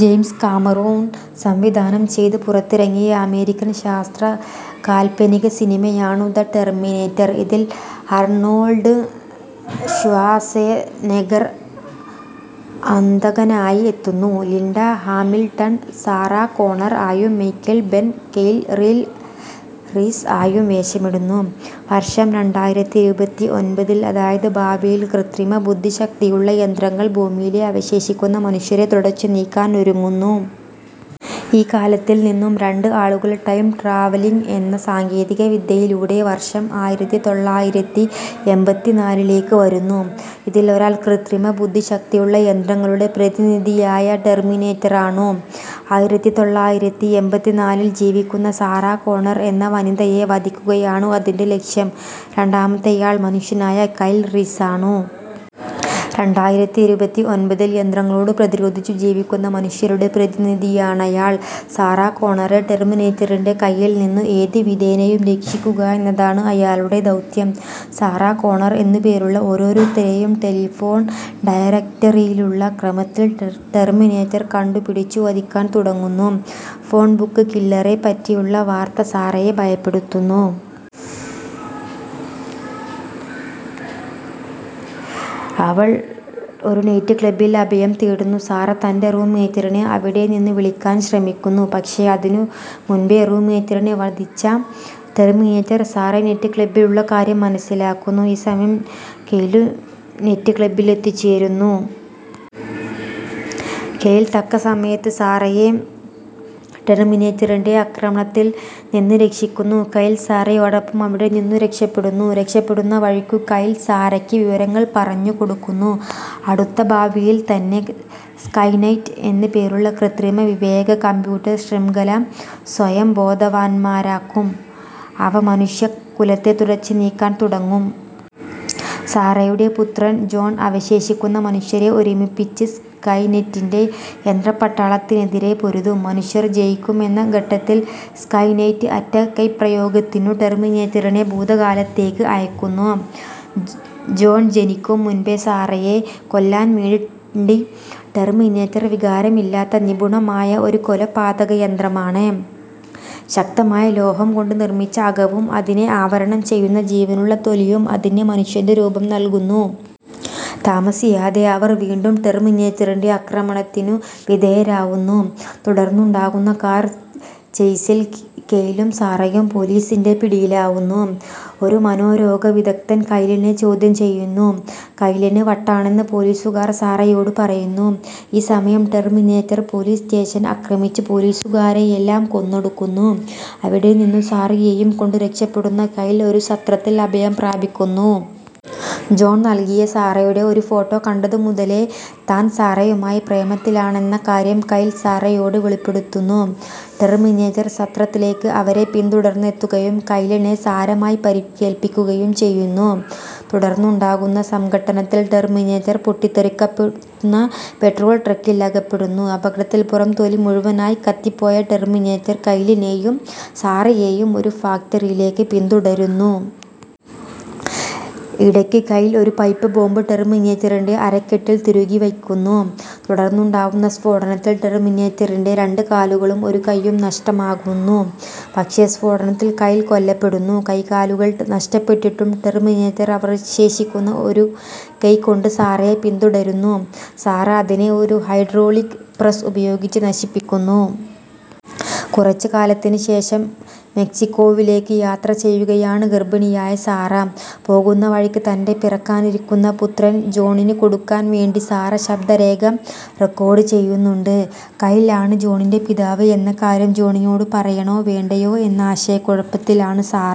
James Cameron സംവിധാനം ചെയ്ത് പുറത്തിറങ്ങിയ അമേരിക്കൻ ശാസ്ത്ര കാല്പനിക സിനിമയാണു ദ ടെർമിനേറ്റർ. ഇതിൽ അർണോൾഡ് ഷ്വാസ്സെനെഗ്ഗർ അന്തകനായി എത്തുന്നു. ലിൻഡ ഹാമിൽടൻ സാറാ കോണർ ആയും മൈക്കിൾ ബൈൻ കൈൽ റിൽ റീസ് ആയും വേഷമിടുന്നു. വർഷം രണ്ടായിരത്തിഇരുപത്തിഒമ്പതിൽ, അതായത് ഭാവിയിൽ ക്രിത്രിമ ബുദ്ധിശക്തിയുള്ള യന്ത്രങ്ങൾ ഭൂമിയിലെ അവശേഷിക്കുന്ന മനുഷ്യരെ തുടച്ചു നീക്കാൻ ഒരുങ്ങുന്നു. ഈ കാലത്തിൽ നിന്നും രണ്ട് ആളുകൾ ടൈം ട്രാവലിങ്ങ് എന്ന സാങ്കേതിക വിദ്യയിലൂടെ വർഷം ആയിരത്തിതൊള്ളായിരത്തിഎമ്പതിനാലിലേക്ക് വരുന്നു. ഇതിൽ ഒരാൾ ക്രിത്രിമ ബുദ്ധിശക്തിയുള്ള യന്ത്രങ്ങളുടെ പ്രതിനിധിയായ ടെർമിനേറ്ററാണു. ആയിരത്തിതൊള്ളായിരത്തിഎമ്പതിനാലിൽ ജീവിക്കുന്ന സാറാ കോണർ എന്ന വനിതയെ വധിക്കുകയാണു അതിന്റെ ലക്ഷ്യം. രണ്ടാമത്തെയാൾ മനുഷ്യനായ കൈൽ റീസാണു. രണ്ടായിരത്തിഇരുപത്തിഒൻമ്പതിൽ യന്ത്രങ്ങളോട് പ്രതിരോധിച്ചു ജീവിക്കുന്ന മനുഷ്യരുടെ പ്രതിനിധിയാണയാൾ. സാറാ കോണറെ ടെർമിനേറ്ററിന്റെ കയ്യിൽ നിന്നു ഏതു വിധേനയും രക്ഷിക്കുക എന്നതാണു അയാളുടെ ദൗത്യം. സാറാ കോണർ എന്നു പേരുള്ള ഓരോരുത്തരേയും ടെലിഫോൺ ഡയറക്റ്ററിയിലുള്ള ക്രമത്തിൽ ടെർമിനേറ്റർ കണ്ടു പിടിച്ചു വധിക്കാൻ തുടങ്ങുന്നു. ഫോൺ ബുക്ക് കില്ലറെ പറ്റിയുള്ള വാർത്ത സാറയെ ഭയപ്പെടുത്തുന്നു. അവൾ ഒരു നൈറ്റ് ക്ലബ്ബിൽ അഭയം തേടുന്നു. സാറ തന്റെ റൂം മേറ്റിനെ അവിടെ നിന്നു വിളിക്കാൻ ശ്രമിക്കുന്നു. പക്ഷേ അതിനു മുൻപെ റൂം മേറ്റിനെ വധിച്ച ടെർമിനേറ്റർ സാറ നൈറ്റ് ക്ലബ്ബിൽ ഉള്ള കാര്യം മനസ്സിലാക്കുന്നു. ഈ സമയം കൈലും നൈറ്റ് ക്ലബ്ബിൽ എത്തിച്ചേരുന്നു. കൈൽ തക്ക സമയത്ത് സാറയെ ടെർമിനേറ്ററിന്റെ ആക്രമത്തിൽ നിന്ന് രക്ഷിക്കുന്നു. കൈൽ സാറയോടൊപ്പം അവിടെ നിന്നു രക്ഷപ്പെടുന്നു. രക്ഷപ്പെടുന്ന വഴിക്കു കൈൽ സാറയ്ക്ക് വിവരങ്ങൾ പറഞ്ഞ് കൊടുക്കുന്നു. അടുത്ത ഭാവിയിൽ തന്നെ സ്കൈനെറ്റ് എന്ന് പേരുള്ള ക്രിത്രിമ വിവേക കമ്പ്യൂട്ടർ ശ്രിംഖല സ്വയം ബോധവാന്മാരാകും. അവ മനുഷ്യ കുലത്തെ തുടച്ച് നീക്കാൻ തുടങ്ങും. സാറയുടെ പുത്രൻ ജോൺ അവശേഷിക്കുന്ന മനുഷ്യരെ ഒരുമിപ്പിച്ച് സ്കൈനെറ്റിന്റെ യന്ത്രപ്പട്ടാളത്തിനെതിരെ പൊരുതും. മനുഷ്യർ ജയിക്കും എന്ന ഘട്ടത്തിൽ സ്കൈനെറ്റ് അറ്റ കൈപ്രയോഗത്തിനു ടെർമിനേറ്ററിനെ ഭൂതകാലത്തേക്ക് അയക്കുന്നു, ജോ ജോൺ ജനിക്കും മുൻപേ സാറയെ കൊല്ലാൻ വേണ്ടി. ടെർമിനേറ്റർ വികാരമില്ലാത്ത നിപുണമായ ഒരു കൊലപാതക യന്ത്രമാണ്. ശക്തമായ ലോഹം കൊണ്ട് നിർമ്മിച്ച അകവും അതിനെ ആവരണം ചെയ്യുന്ന ജീവനുള്ള തൊലിയും അതിന് മനുഷ്യന്റെ രൂപം നൽകുന്നു. താമസിയാതെ അവർ വീണ്ടും ടെർമിനേറ്ററിന്റെ ആക്രമണതിനു വിധേയരാവുന്നു. തുടർന്നുണ്ടാകുന്ന കാർ ചെയ്സിൽ കൈലും സാറയും പോലീസിന്റെ പിടിയിലാവുന്നു. ഒരു മനോരോഗ വിദഗ്ദ്ധൻ കൈലിനെ ചൊദ്യം ചെയ്യുന്നു. കൈലിന് വട്ടാണെന്ന് പോലീസുകാർ സാറയോട് പറയുന്നു. ഈ സമയം ടെർമിനേറ്റർ പോലീസ് സ്റ്റേഷൻ ആക്രമിച്ച് പോലീസുകാരെയെല്ലാം കൊന്നൊടുക്കുന്നു. അവിടെ നിന്നു സാറയെയും കൊണ്ട് രക്ഷപ്പെടുന്ന കൈൽ ഒരു സത്രത്തിൽ അഭയം പ്രാപിക്കുന്നു. ജോൺ നൽകിയ സാറയുടെ ഒരു ഫോട്ടോ കണ്ടതു മുതലേ താൻ സാറയുമായ് പ്രേമത്തിലാണെന്ന കാര്യം കൈൽ സാറയോട് വെളിപ്പെടുത്തുന്നു. ടെർമിനേറ്റർ സത്രത്തിലേക്ക് അവരെ പിന്തുടർന്നെത്തുകയും കൈലിനെ സാരമായ് പരിക്കേൽപ്പിക്കുകയും ചെയ്യുന്നു. തുടർന്നുണ്ടാവുന്ന സംഘട്ടനത്തിൽ ടെർമിനേറ്റർ പൊട്ടിത്തെറിക്കപ്പെടുന്ന പെട്രോൾ ട്രക്കിൽ അകപ്പെടുന്നു. അപകടത്തിൽ പുറം തൊലി മുഴുവനായ് കത്തിപ്പോയ ടെർമിനേറ്റർ കൈലിനേയും സാറയേയും ഒരു ഫാക്ടറിയിലേക്ക് പിന്തുടരുന്നു. ഇടയ്ക്ക് കൈൽ ഒരു പൈപ്പ് ബോംബ് ടെർമിനേറ്ററിന്റെ അരക്കെട്ടിൽ തിരുകിവയ്ക്കുന്നു. തുടർന്നുണ്ടാവുന്ന സ്ഫോടനത്തിൽ ടെർമിനേറ്ററിന്റെ രണ്ട് കാലുകളും ഒരു കൈയ്യും നഷ്ടമാകുന്നു. പക്ഷേ സ്ഫോടനത്തിൽ കൈൽ കൊല്ലപ്പെടുന്നു. കൈകാലുകൾ നഷ്ടപ്പെട്ടിട്ടും ടെർമിനേറ്റർ അവർശേഷിക്കുന്ന ഒരു കൈ കൊണ്ട് സാറയെ പിന്തുടരുന്നു. സാറ അതിനെ ഒരു ഹൈഡ്രോളിക് പ്രസ്സ് ഉപയോഗിച്ച് നശിപ്പിക്കുന്നു. കുറച്ച് കാലത്തിന് ശേഷം മെക്സിക്കോവിലേക്ക് യാത്ര ചെയ്യുകയാണ് ഗർഭിണിയായ സാറ. പോകുന്ന വഴിക്ക് തന്റെ പിറക്കാനിരിക്കുന്ന പുത്രൻ ജോണിന് കൊടുക്കാൻ വേണ്ടി സാറ ശബ്ദരേഖ റെക്കോഡ് ചെയ്യുന്നുണ്ട്. കൈൽ ആണ് ജോണിന്റെ പിതാവ് എന്ന കാര്യം ജോണിനോട് പറയണോ വേണ്ടയോ എന്ന ആശയക്കുഴപ്പത്തിലാണ് സാറ.